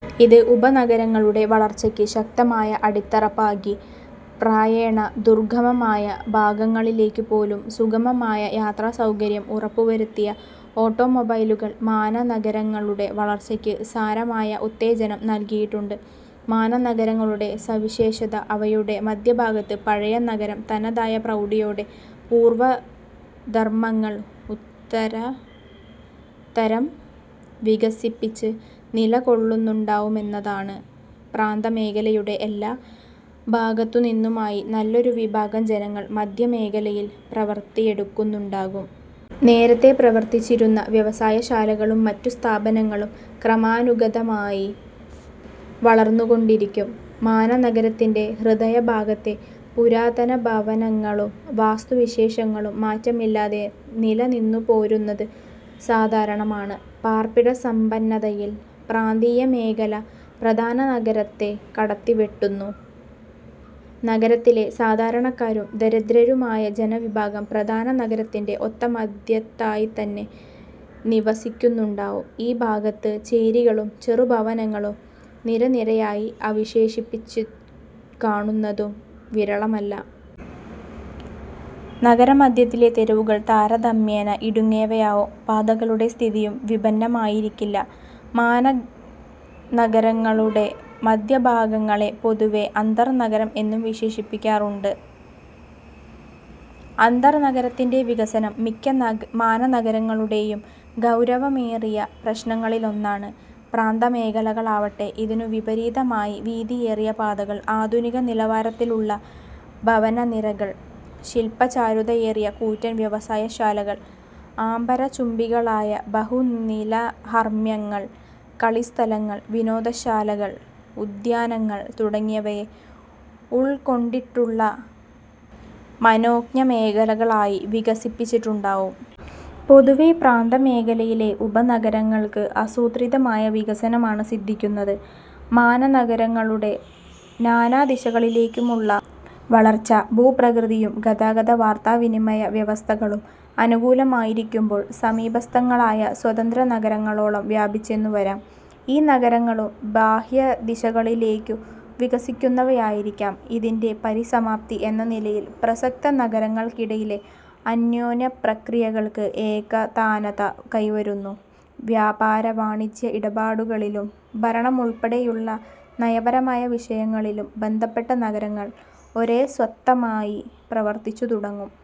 ഇത് ഉപനഗരങ്ങളുടെ വളർച്ചയ്ക്ക് ശക്തമായ അടിത്തറ പാകി. പ്രായേണ ദുർഗമമായ ഭാഗങ്ങളിലേക്കുപോലും സുഗമമായ യാത്രാസൌകര്യം ഉറപ്പുവരുത്തിയ ഓട്ടോമൊബൈലുകൾ മാനഗരങ്ങളുടെ വളർച്ചയ്ക്ക് സാരമായ ഉത്തേജനം നല്കിയിട്ടുണ്ട്. മാനഗരങ്ങളുടെ സവിശേഷത അവയുടെ മധ്യഭാഗത്ത് പഴയ നഗരം തനതായ പ്രൗഢിയോടെ പൂർവധർമങ്ങൾ ഉത്തരോത്തരം വികസിപ്പിച്ച് നിലകൊള്ളുന്നുണ്ടാവുമെന്നതാണ്. പ്രാന്തമേഖലയുടെ എല്ലാ ഭാഗത്തുനിന്നുമായി നല്ലൊരു വിഭാഗം ജനങ്ങൾ മധ്യമേഖലയിൽ പ്രവൃത്തിയെടുക്കുന്നുണ്ടാകും. നേരത്തേ പ്രവർത്തിച്ചിരുന്ന വ്യവസായശാലകളും മറ്റു സ്ഥാപനങ്ങളും ക്രമാനുഗതമായി വളർന്നുകൊണ്ടിരിക്കും. മാനഗരത്തിന്റെ ഹൃദയഭാഗത്തെ പുരാതന ഭവനങ്ങളും വാസ്തുവിശേഷങ്ങളും മാറ്റമില്ലാതെ നിലനിന്നുപോരുന്നത് സാധാരണമാണ്. പാർപ്പിട സമ്പന്നതയിൽ പ്രാന്തീയമേഖല പ്രധാന നഗരത്തെ കടത്തിവെട്ടുന്നു. നഗരത്തിലെ സാധാരണക്കാരും ദരിദ്രരുമായ ജനവിഭാഗം പ്രധാന നഗരത്തിന്റെ ഒത്ത മധ്യത്തായിത്തന്നെ നിവസിക്കുന്നുണ്ടാവും. ഈ ഭാഗത്ത് ചേരികളും ചെറുഭവനങ്ങളും നിരനിരയായി അവശേഷിച്ചുകാണുന്നതും വിരളമല്ല. നഗരമധ്യത്തിലെ തെരുവുകൾ താരതമ്യേന ഇടുങ്ങിയവയാവും. പാതകളുടെ സ്ഥിതിയും വിഭിന്നമായിരിക്കില്ല. മാനഗരങ്ങളുടെ മധ്യഭാഗങ്ങളെ പൊതുവേ അന്തർനഗരം എന്നു വിശേഷിപ്പിക്കാറുണ്ട്. അന്തർനഗരത്തിന്റെ വികസനം മിക്ക മാനഗരങ്ങളുടെയും ഗൗരവമേറിയ പ്രശ്നങ്ങളിലൊന്നാണ്. പ്രാന്തമേഖലകളാവട്ടെ, ഇതിനു വിപരീതമായി വീതിയേറിയപാതകൾ, ആധുനിക നിലവാരത്തിലുള്ള ഭവനനിരകൾ, ശില്പചാരുതയേറിയ കൂറ്റൻ വ്യവസായശാലകൾ, അംബരചുംബികളായ ബഹുനിലഹർമ്മ്യങ്ങൾ, കളിസ്ഥലങ്ങൾ, വിനോദശാലകൾ, ഉദ്യാനങ്ങൾ തുടങ്ങിയവയെ ഉൾക്കൊണ്ടിട്ടുള്ള മനോജ്ഞമേഖലകളായി വികസിച്ചിട്ടുണ്ടാവും. പൊതുവേ, പ്രാന്തമേഖലയിലെ ഉപനഗരങ്ങൾക്ക് ആസൂത്രിതമായ വികസനമാണ് സിദ്ധിക്കുന്നത്. മാനഗരങ്ങളുടെ നാനാദിശകളിലേക്കുമുള്ള വളർച്ച, ഭൂപ്രകൃതിയും ഗതാഗത-വാർത്താവിനിമയ വ്യവസ്ഥകളും അനുകൂലമായിരിക്കുമ്പോൾ സമീപസ്ഥങ്ങളായ സ്വതന്ത്രനഗരങ്ങളോളം വ്യാപിച്ചെന്നു വരാം; ഈ നഗരങ്ങളും ബാഹ്യദിശകളിലേക്കു വികസിക്കുന്നവയായിരിക്കാം. ഇതിന്റെ പരിസമാപ്തി എന്ന നിലയിൽ പ്രസക്ത നഗരങ്ങൾക്കിടയിലെ അന്യോന്യപ്രക്രിയകൾക്ക് ഏകതാനത കൈവരുന്നു. വ്യാപാര വാണിജ്യ ഇടപാടുകളിലും ഭരണമുൾപ്പെടെയുള്ള നയപരമായ വിഷയങ്ങളിലും ബന്ധപ്പെട്ട നഗരങ്ങൾ ഒരേ സ്വത്തമായി പ്രവർത്തിച്ചുതുടങ്ങും.